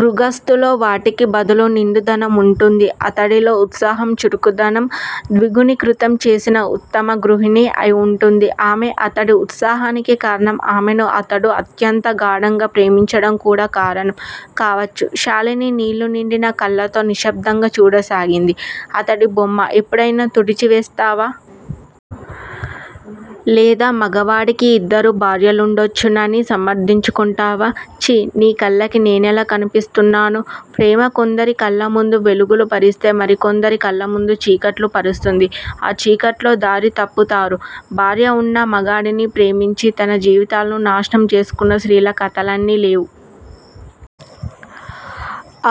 గృగస్తులో వాటికి బదులు నిండుదనం వుంటుంది! అతడిలో ఉత్సాహం, చురుకుదనం ద్విగుణీకృతం చేసిన ఉత్తమ గృహిణి అయి వుంటుంది ఆమె! అతడి ఉత్సాహానికి కారణం ఆమెను అతడు అత్యంతగాఢంగా ప్రేమించడం కూడా కారణం కావచ్చు! శాలిని నీళ్లు నిండిన కళ్లతో నిశ్సబ్దంగా చూడసాగింది. అతడి బొమ్మ ఇప్పుడయినా తుడిచి వేస్తావా? లేదా మగవాడికి యిద్దరు భార్యలుండొచ్చునని సమర్దించుకొంటావా? ఛీ! నీకళ్లకి నేనెలా కనిపిస్తున్నాను? ప్రేమ కొందరి కళ్లముందు వెలుగులు పరిస్తే మరి కొందరి కళ్లముందు చీకట్లు పరుస్తుంది! ఆ చీకట్లో దారి తప్పుతారు. భార్య వున్న మగడిని ప్రేమించి తన జీవితాలను నాశనం చేసుకొన్న స్త్రీల కధలెన్ని లేవు?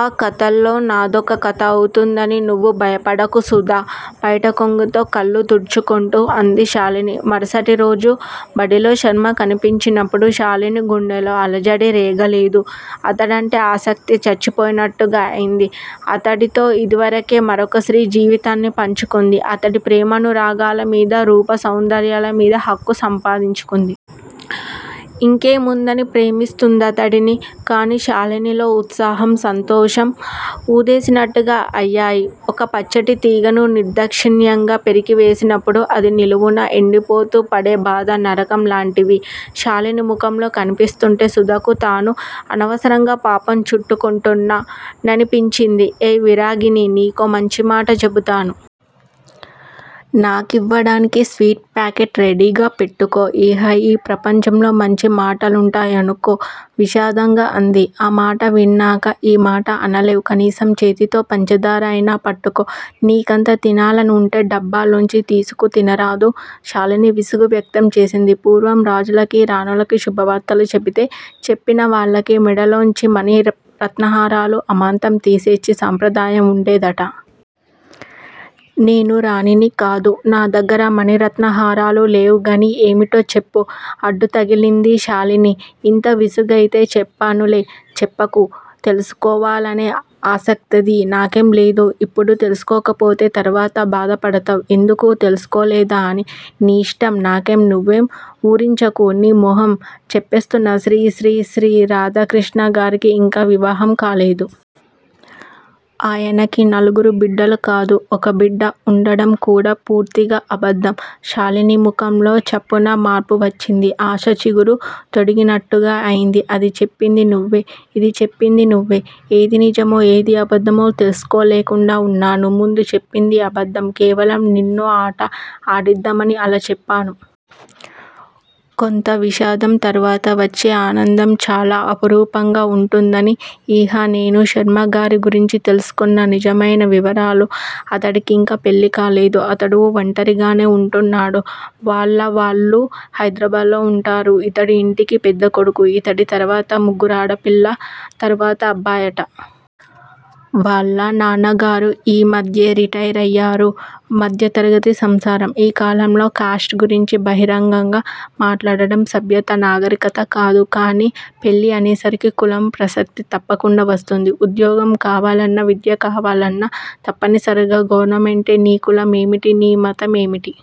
ఆ కథల్లో నాదొక కథ అవుతుందని నువ్వు భయపడకు, సుధా! పైటకొంగుతో కళ్లు తుడుచుకొంటూ అంది శాలిని. మరుసటిరోజు బడిలో శర్మ కనిపించినప్పుడు శాలిని గుండెలో అలజడి రేగలేదు. అతడంటే ఆసక్తి చచ్చిపోయినట్టుగా అయింది! అతడితో యిదివరకే మరొక స్త్రీ జీవితాన్ని పంచుకొంది! అతడి ప్రేమానురాగాల మీద, రూప సౌందర్యాలమీదా హక్కు సంపాదించుకొంది. ఇంకేముందని ప్రేమిస్తుందతడిని? కాని, శాలినిలో ఉత్సాహం, సంతోషం ఊదేసినట్టుగా అయ్యాయి! ఒక పచ్చటితీగను నిర్దాక్షిణ్యంగా పెరికివేసినప్పుడు అది నిలువునా ఎండిపోతూ పడే బాధా, నరకం లాంటివి శాలిని ముఖంలో కనిపిస్తుంటే, సుధకు తను అనవసరంగా పాపం చుట్టుకొంటున్నా ననిపించింది. ఏయ్! విరాగిణీ! నీకో మంచిమాట చెబుతాను. నాకివ్వడానికి స్వీట్ పాకెట్ రెడీగా పెట్టుకో! ఇహ యీ ప్రపంచంలో మంచి మాటలుంటాయనుకో! విషాదంగా అంది. ఆ మాట విన్నాక ఈమాట అనలేవు! కనీసం చేతితో పంచదార అయినా పట్టుకో! నీకంత తినాలని వుంటే డబ్బాలోంచి తీసుకు తినరాదు? శాలిని విసుగు వ్యక్తం చేసింది. పూర్వం రాజులకి, రాణులకి శుభవార్తలు చెబితే చెప్పిన వాళ్లకి మెడలోంచి మణి, రత్నహారాలు అమాంతం తీసిచ్చే సంప్రదాయం వుండేదట! నేను రాణినికాదు! నా దగ్గర మణిరత్నహారాలు లేవుగాని ఏమిటో చెప్పు! అడ్డుతగిలింది శాలిని. ఇంత విసుగైతే చెప్పనులే! చెప్పకు! తెలుసుకోవాలనే ఆసక్తది నాకేంలేదు! ఇప్పుడు తెలుసుకోకపోతే తరువాత బాధపడతావు! ఎందుకు తెలుసుకోలేదా అని! నీ ఇష్టం! నాకేం! నువ్వేం వూరించకు! నీ మొహం! చెప్పేస్తున్నా! శ్రీశ్రీశ్రీ రాధాకృష్ణగారికి ఇంకా వివాహంకాలేదు. ఆయనకి నలుగురు బిడ్డలుకాదు, ఒక బిడ్డ వుండడంకూడా పూర్తిగా అబద్దం! శాలిని ముఖంలో చప్పున మార్పువచ్చింది. ఆశ చిగురు తొడిగినట్టుగా అయింది. అది చెప్పింది నువ్వే! ఇది చెప్పింది నువ్వే! ఏది నిజమో, ఏది అబద్దమో తెలుసుకోలేకుండా వున్నాను! ముందు చెప్పింది అబద్దం. కేవలం నిన్నో ఆట ఆడిద్దామని అలా చెప్పాను. కొంత విషాదం తరువాత వచ్చే ఆనందం చాలా అపురూపంగా వుంటుందని! ఇహ నేను శర్మగారి గురించి తెలుసుకొన్న నిజమైన వివరాలు, అతడికింకా పెళ్లికాలేదు. అతడు వంటరిగానే వుంటున్నాడు. వాళ్ల వాళ్లు హైదరాబాద్ లో వుంటారు. ఇతడు యింటికి పెద్దకొడుకు! ఇతడి తరువాత ముగ్గురాడపిల్లూ, తరువాత అబ్బాయిట. వాళ్ల నాన్నగారు ఈ మధ్యే రిటైరయ్యారు. మధ్యతరగతి సంసారం! ఈ కాలంలో కాస్ట్ గురించి బహిరంగంగా మాట్లాడడం సభ్యత, నాగరికతకాదు. కాని, పెళ్లి అనేసరికి కులం ప్రసక్తి తప్పకుండా వస్తుంది ఉద్యోగం కావాలన్నా, విద్య కావాలన్నా తప్పనిసరిగా గవర్నమెంటే నీ కులం ఏమిటి? నీ మతం ఏమిటి?